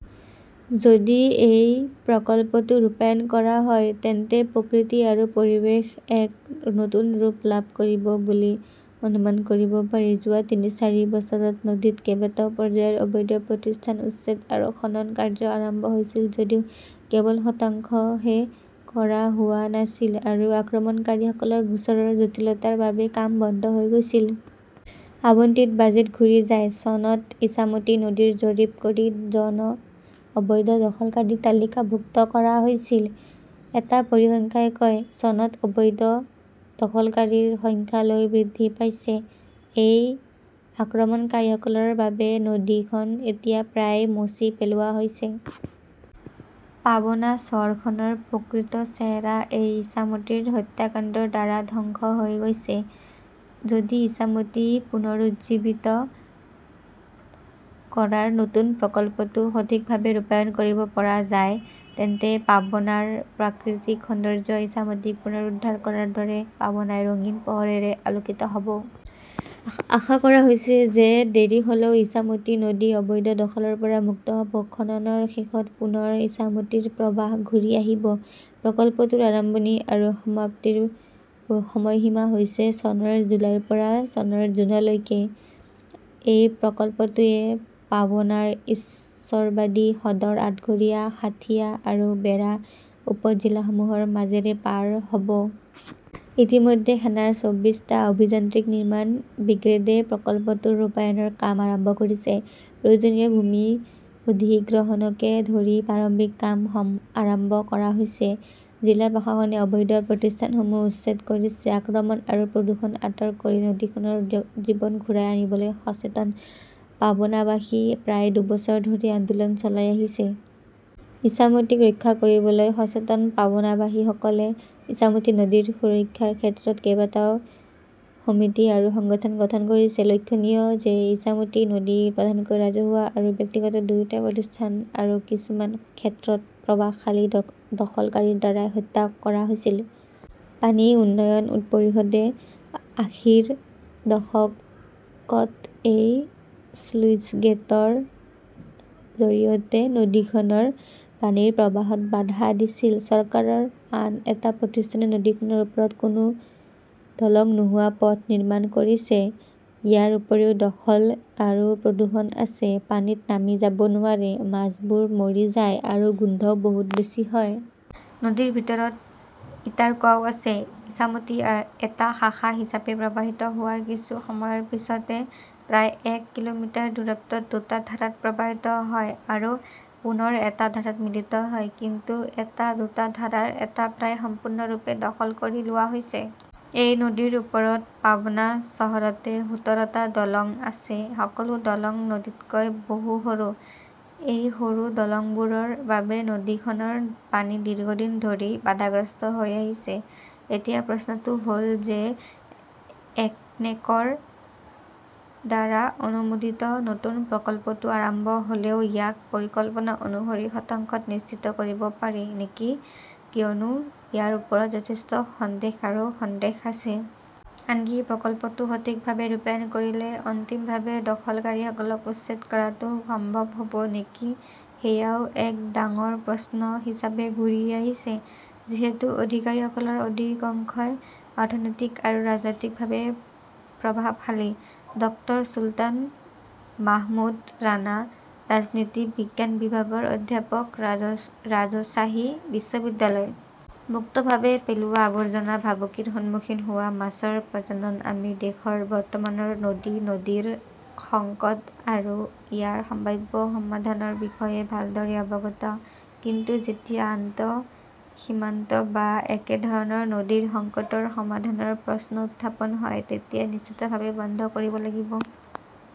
যদি এই প্ৰকল্পটো ৰূপায়ণ কৰা হয়, তেন্তে প্ৰকৃতি আৰু পৰিৱেশ এক নতুন ৰূপ লাভ কৰিব বুলি অনুমান কৰিব পাৰি। যোৱা তিনি-চাৰি বছৰত নদীত কেইবাটাও পৰ্যায়ৰ অবৈধ প্ৰতিষ্ঠান উচ্ছেদ আৰু খনন কাৰ্য আৰম্ভ হৈছিল যদিও কেৱল শতাংশহে কৰা হোৱা নাছিল, আৰু আক্ৰমণকাৰীসকলৰ গোচৰৰ জটিলতাৰ বাবে কাম বন্ধ হৈ গৈছিল। আবণ্টিত বাজেট ঘূৰি যায়। চনত ইছামতী নদীৰ জৰীপ কৰি জন অবৈধ দখলকাৰীক তালিকাভুক্ত কৰা হৈছিল, এটা পৰিসংখ্যাই কয়। চনত অবৈধ দখলকাৰীৰ সংখ্যা লৈ বৃদ্ধি পাইছে। এই আক্ৰমণকাৰীসকলৰ বাবে নদীখন এতিয়া প্ৰায় মচি পেলোৱা হৈছে। পবনা চহৰখনৰ প্ৰকৃত চেহেৰা এই ইছামতীৰ হত্যাকাণ্ডৰ দ্বাৰা ধ্বংস হৈ গৈছে। যদি ইছামতী পুনৰুজ্জীৱিত কৰাৰ নতুন প্ৰকল্পটো সঠিকভাৱে ৰূপায়ণ কৰিব পৰা যায়, তেন্তে পাবনাৰ প্ৰাকৃতিক সৌন্দৰ্য্য ইছামতীক পুনৰুদ্ধাৰ কৰাৰ দৰে পাবনাই ৰঙীন পোহৰেৰে আলোকিত হ 'ব। আশা কৰা হৈছে যে দেৰি হ’লেও ইছামতী নদী অবৈধ দখলৰ পৰা মুক্ত হ’ব। খননৰ শেষত পুনৰ ইছামতিৰ প্ৰবাহ ঘূৰি আহিব। প্ৰকল্পটোৰ আৰম্ভণি আৰু সমাপ্তিৰ সময়সীমা হৈছে চনৰ জুলাইৰ পৰা চনৰ জুনলৈকে। এই প্ৰকল্পটোৱে পাবনাৰ ঈশ্বৰদী, সদৰ, আটঘৰিয়া, সাঁথিয়া আৰু বেৰা উপজিল্লাসমূহৰ মাজেৰে পাৰ হ 'ব। ইতিমধ্যে সেনাৰ চৌবিশ টা অভিযান্ত্ৰিক নিৰ্মাণ ব্ৰিগেডে প্ৰকল্পটোৰ ৰূপায়ণৰ কাম আৰম্ভ কৰিছে। প্ৰয়োজনীয় ভূমি অধিগ্ৰহণকে ধৰি প্ৰাৰম্ভিক কাম আৰম্ভ কৰা হৈছে। জিলা প্ৰশাসনে অবৈধ প্ৰতিষ্ঠানসমূহ উচ্ছেদ কৰিছে। আক্ৰমণ আৰু প্ৰদূষণ আঁতৰ কৰি নদীখনৰ জীৱন ঘূৰাই আনিবলৈ সচেতন পাবনাবাসী প্ৰায় দুবছৰ ধৰি আন্দোলন চলাই আহিছে। ইছামতীক ৰক্ষা কৰিবলৈ সচেতন পবনাৱাসীসকলে ইছামতী নদীৰ সুৰক্ষাৰ ক্ষেত্ৰত কেইবাটাও সমিতি আৰু সংগঠন গঠন কৰিছে। লক্ষণীয় যে ইছামতী নদী প্ৰধানকৈ ৰাজহুৱা আৰু ব্যক্তিগত দুয়োটা প্ৰতিষ্ঠান আৰু কিছুমান ক্ষেত্ৰত প্ৰভাৱশালী দখলকাৰীৰ দ্বাৰা হত্যা কৰা হৈছিল। পানী উন্নয়ন পৰিষদে আশীৰ দশকত এটা স্লুইছগেটৰ জৰিয়তে নদীখনৰ পানীৰ প্ৰবাহত বাধা দিছিল। চৰকাৰৰ আন এটা প্ৰতিষ্ঠানে নদীখনৰ ওপৰত কোনো দলং নোহোৱা পথ নিৰ্মাণ কৰিছে। ইয়াৰ উপৰিও দখল আৰু প্ৰদূষণ আছে। পানীত নামি যাব নোৱাৰে, মাছবোৰ মৰি যায়, আৰু গোন্ধও বহুত বেছি হয়। নদীৰ ভিতৰত ইটাৰ কুঁৱাও আছে। ইছামতী এটা শাখা হিচাপে প্ৰৱাহিত হোৱাৰ কিছু সময়ৰ পিছতে প্ৰায় এক কিলোমিটাৰ দূৰত্বত দুটা ধাৰাত প্ৰৱাহিত হয় আৰু পুনৰ এটা ধাৰাত মিলিত হয়। কিন্তু এই দুটা ধাৰাৰ এটা প্ৰায় সম্পূৰ্ণৰূপে দখল কৰি লোৱা হৈছে। এই নদীৰ ওপৰত পবনা চহৰতে সোতৰ টা দলং আছে। সকলো দলং নদীতকৈ বহু সৰু। এই সৰু দলংবোৰৰ বাবে নদীখনৰ পানী দীৰ্ঘদিন ধৰি বাধাগ্ৰস্ত হৈ আহিছে। এতিয়া প্ৰশ্নটো হ’ল যে একনেকৰ দ্বাৰা অনুমোদিত নতুন প্ৰকল্পটো আৰম্ভ হ" লেও ইয়াক পৰিকল্পনা অনুসৰি শতাংশত নিশ্চিত কৰিব পাৰি নেকি কিয়নো ইয়াৰ ওপৰত যথেষ্ট সন্দেহ আৰু সন্দেহ আছে। আনকি প্ৰকল্পটো সঠিকভাৱে ৰূপায়ণ কৰিলে অন্তিমভাৱে দখলকাৰীসকলক উচ্ছেদ কৰাটো সম্ভৱ হ’ব নেকি-সেয়াও এক ডাঙৰ প্ৰশ্ন হিচাপে ঘূৰি আহিছে। যিহেতু অধিকাৰীসকলৰ অধিকাংশই অৰ্থনৈতিক আৰু ৰাজনৈতিকভাৱে প্ৰভাৱশালী। ডক্টৰ চুলতান মাহমুদ ৰাণা, ৰাজনীতি বিজ্ঞান বিভাগৰ অধ্যাপক, ৰাজশ্বাহী বিশ্ববিদ্যালয়। মুক্তভাৱে পেলোৱা আৱৰ্জনা, ভাবুকিৰ সন্মুখীন হোৱা মাছৰ প্ৰজনন আমি দেশৰ বৰ্তমানৰ নদী-নদীৰ সংকট আৰু ইয়াৰ সম্ভাৱ্য সমাধানৰ বিষয়ে ভালদৰে অৱগত; কিন্তু যেতিয়া আন্তঃসীমান্ত বা একেধৰণৰ নদীৰ সংকটৰ সমাধানৰ প্ৰশ্ন উত্থাপন হয়, তেতিয়া নিশ্চিতভাৱে বন্ধ কৰিব লাগিব।